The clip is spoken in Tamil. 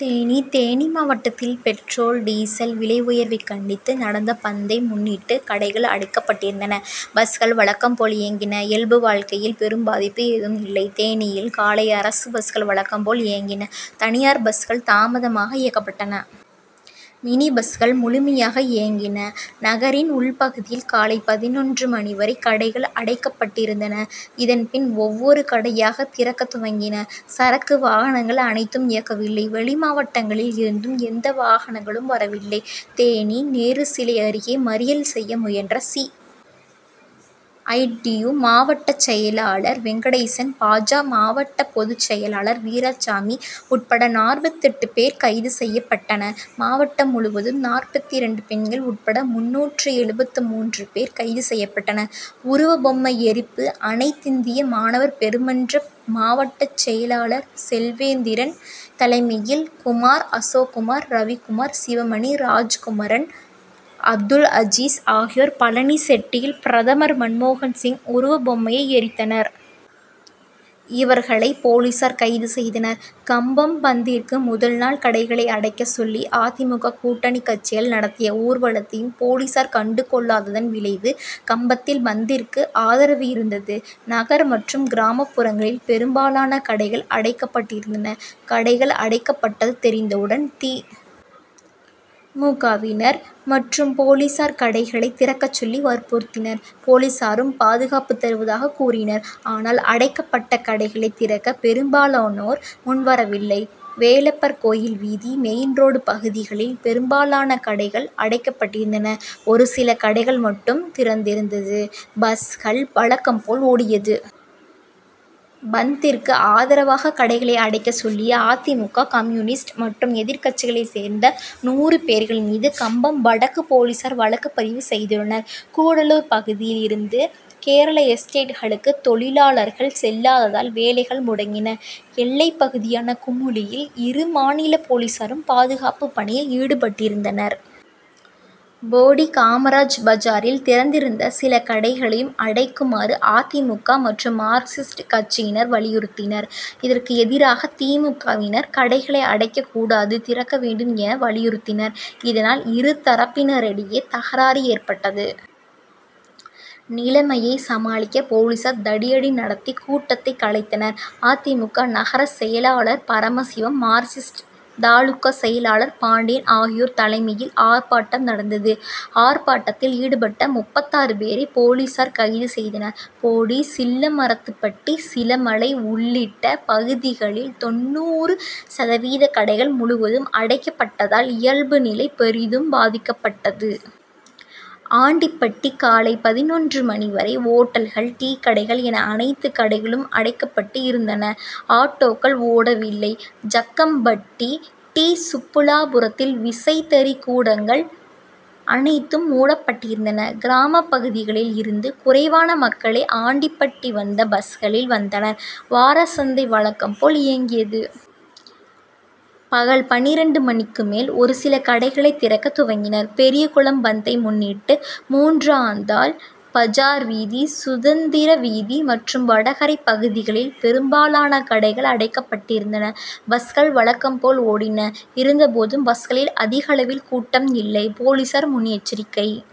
தேனி தேனி மாவட்டத்தில் பெட்ரோல், டீசல் விலை உயர்வை கண்டித்து நடந்த பந்தை முன்னிட்டு கடைகள் அடைக்கப்பட்டிருந்தன. பஸ்கள் வழக்கம் போல் இயங்கின. இயல்பு வாழ்க்கையில் பெரும் பாதிப்பு ஏதும் இல்லை. தேனியில் காலை அரசு பஸ்கள் வழக்கம் போல் இயங்கின. தனியார் பஸ்கள் தாமதமாக இயக்கப்பட்டன. மினி பஸ்கள் முழுமையாக இயங் கின. நகரின் உள் பகுதியில் காலை பதினொன்று மணி வரை கடைகள் அடைக்கப் பட்டிருந்தன. இதன் பின் ஒவ்வொரு கடையாக திறக்க துவங்கினர். சரக்கு வாகனங்கள் அனைத்தும் இயக்கவில்லை. வெளிமாவட்டங்களில் இருந்தும் எந்த வாகனங்களும் வரவில்லை. தேனி நேருசிலை அருகே மறியல் செய்ய முயன்ற சி. ஐ. டி. யு., மாவட்ட செயலாளர் வெங்கடேசன், பா. ஜ., மாவட்ட பொதுச் செயலாளர் வீராச்சாமி உட்பட நாற்பத்தெட்டு பேர் கைது செய்யப்பட்டனர். மாவட்டம் முழுவதும் நாற்பத்திரண்டு பெண்கள் உட்பட முந்நூற்று எழுபத்து மூன்று பேர் கைது செய்யப்பட்டனர். உருவபொம்மை எரிப்பு அனைத் திந்திய மாணவர் பெருமன்ற மாவட்ட செயலாளர் செல்வேந்திரன் தலைமையில், குமார், அசோக்குமார், ரவிக்குமார், சிவமணி, ராஜ்குமரன், அப்துல்அஜீஸ் ஆகியோர் பழனிசெட்டியில் பிரதமர் மன்மோகன் சிங் உருவ பொம்மையை எரித்தனர். இவர்களை போலீசார் கைது செய்தனர். கம்பம் பந்திற்கு முதல் நாள் கடைகளை அடைக்க சொல்லி அ. தி. மு. க., கூட்டணிக்கட்சிகள் நடத்திய ஊர்வலத்தையும் போலீசார் கண்டுகொள்ளாததான் விளைவு, கம்பத்தில் பந்த்திற்கு ஆதரவு இருந்தது. நகர் மற்றும் கிராமப்புறங்களில் பெரும்பாலான கடைகள் அடைக்கப்பட்டிருந்தன. கடைகள் அடைக்கப்பட்டது தெரிந்தவுடன் தி. மு. க., வினர் மற்றும் போலீசார் கடைகளை திறக்கச் சொல்லி வற்புறுத்தினர். போலீசாரும் பாதுகாப்பு தருவதாக கூறினர். ஆனால் அடைக்கப்பட்ட கடைகளை திறக்க பெரும்பாலோனோர் முன்வரவில்லை. வேலப்பர் கோயில் வீதி, மெயின்ரோடு பகுதிகளில் பெரும்பாலான கடைகள் அடைக்கப்பட்டிருந்தன. ஒருசில கடைகள் மட்டும் திறந்திருந்தது. பஸ்கள் வழக்கம் போல ஓடியது. பந்திற்கு ஆதரவாக கடைகளை அடைக்கச் சொல்லிய அ. தி. மு. க., கம்யூனிஸ்ட் மற்றும் எதிர்கட்சிகளை சேர்ந்த நூறு பேர்கள் மீது கம்பம் வடக்கு போலீசார் வழக்கு பதிவு செய்துள்ளனர். கூடலூர் பகுதியில் இருந்து கேரள எஸ்டேட்டுகளுக்கு தொழிலாளர்கள் செல்லாததால் வேலைகள் முடங் கின. எல்லைப்பகுதியான குமுளியில் இரு மாநில போலீசாரும் பாதுகாப்பு பணியில் ஈடுபட்டிருந்தனர். போடி காமராஜ் பஜாரில் திறந்திருந்த சில கடைகளையும் அடைக்குமாறு அ. தி. மு. க., மற்றும் மார்க்சிஸ்ட் கட்டசியினர் வலியுறுத்தினர். இதற்கு எதிராக தி. மு. க., வினர் கடைகளை அடைக்க கூடாது, திறக்க வேண்டும் என வலியுறுத்தினர். இதனால் இரு தரப்பினரிடையே தகராறு ஏற்பட்டது. நிலைமையை சமாளிக்க போலீசார் தடியடி நடத்தி கூட்டத்தை கலைத்தனர். அ. தி. மு. க., நகர செயலாளர் பரமசிவம், மார்க்சிஸ்ட் தாலுகா செயலாளர் பாண்டியன் ஆகியோர் தலைமையில் ஆர்ப்பாட்டம் நடந்தது. ஆர்ப்பாட்டத்தில் ஈடுபட்ட முப்பத்தாறு பேரை போலீசார் கைது செய்தனர். போடி, சில்லமரத்துப்பட்டி, சிலமலை உள்ளிட்ட பகுதிகளில் தொண்ணூறு சதவீத கடைகள் முழுவதும் அடைக்கப் பட்டதால் இயல்பு நிலை பெரிதும் பாதிக்கப்பட்டது. ஆண்டிபட்டி காலை பதினொன்று மணி வரை ஓட்டல்கள், டீக்கடைகள் என அனைத்து கடைகளும் அடைக்கப் பட்டு இருந்தன. ஆட்டோக்கள் ஓடவில்லை. ஜக்கம்பட்டி டி. சுப்புலாபுரத்தில் விசைத்தறி கூடங்கள் அனைத்தும் மூடப்பட்டிருந்தன. கிராமப்பகுதிகளில் இருந்து குறைவான மக்களே ஆண்டிபட்டி வந்த பஸ்களில் வந்தனர். வாரச்சந்தை வழக்கம் போல் இயங்கியது. பகல் பன்னிரண்டு மணிக்கு மேல் ஒரு சில கடைகளை திறக்க துவங்கினர். பெரியகுளம் பந்த்தை முன்னிட்டு மூன்றாந்தல், பஜார்வீதி, சுதந்திரவீதி மற்றும் வடகரை பகுதிகளில் பெரும்பாலான கடைகள் அடைக்கப் பட்டிருந்தன. பஸ்கள் வழக்கம் போல் ஓடின. இருந்தபோதும் பஸ்களில் அதிகளவில் கூட்டம் இல்லை. போலீசார் முன்எச்சரிக்கை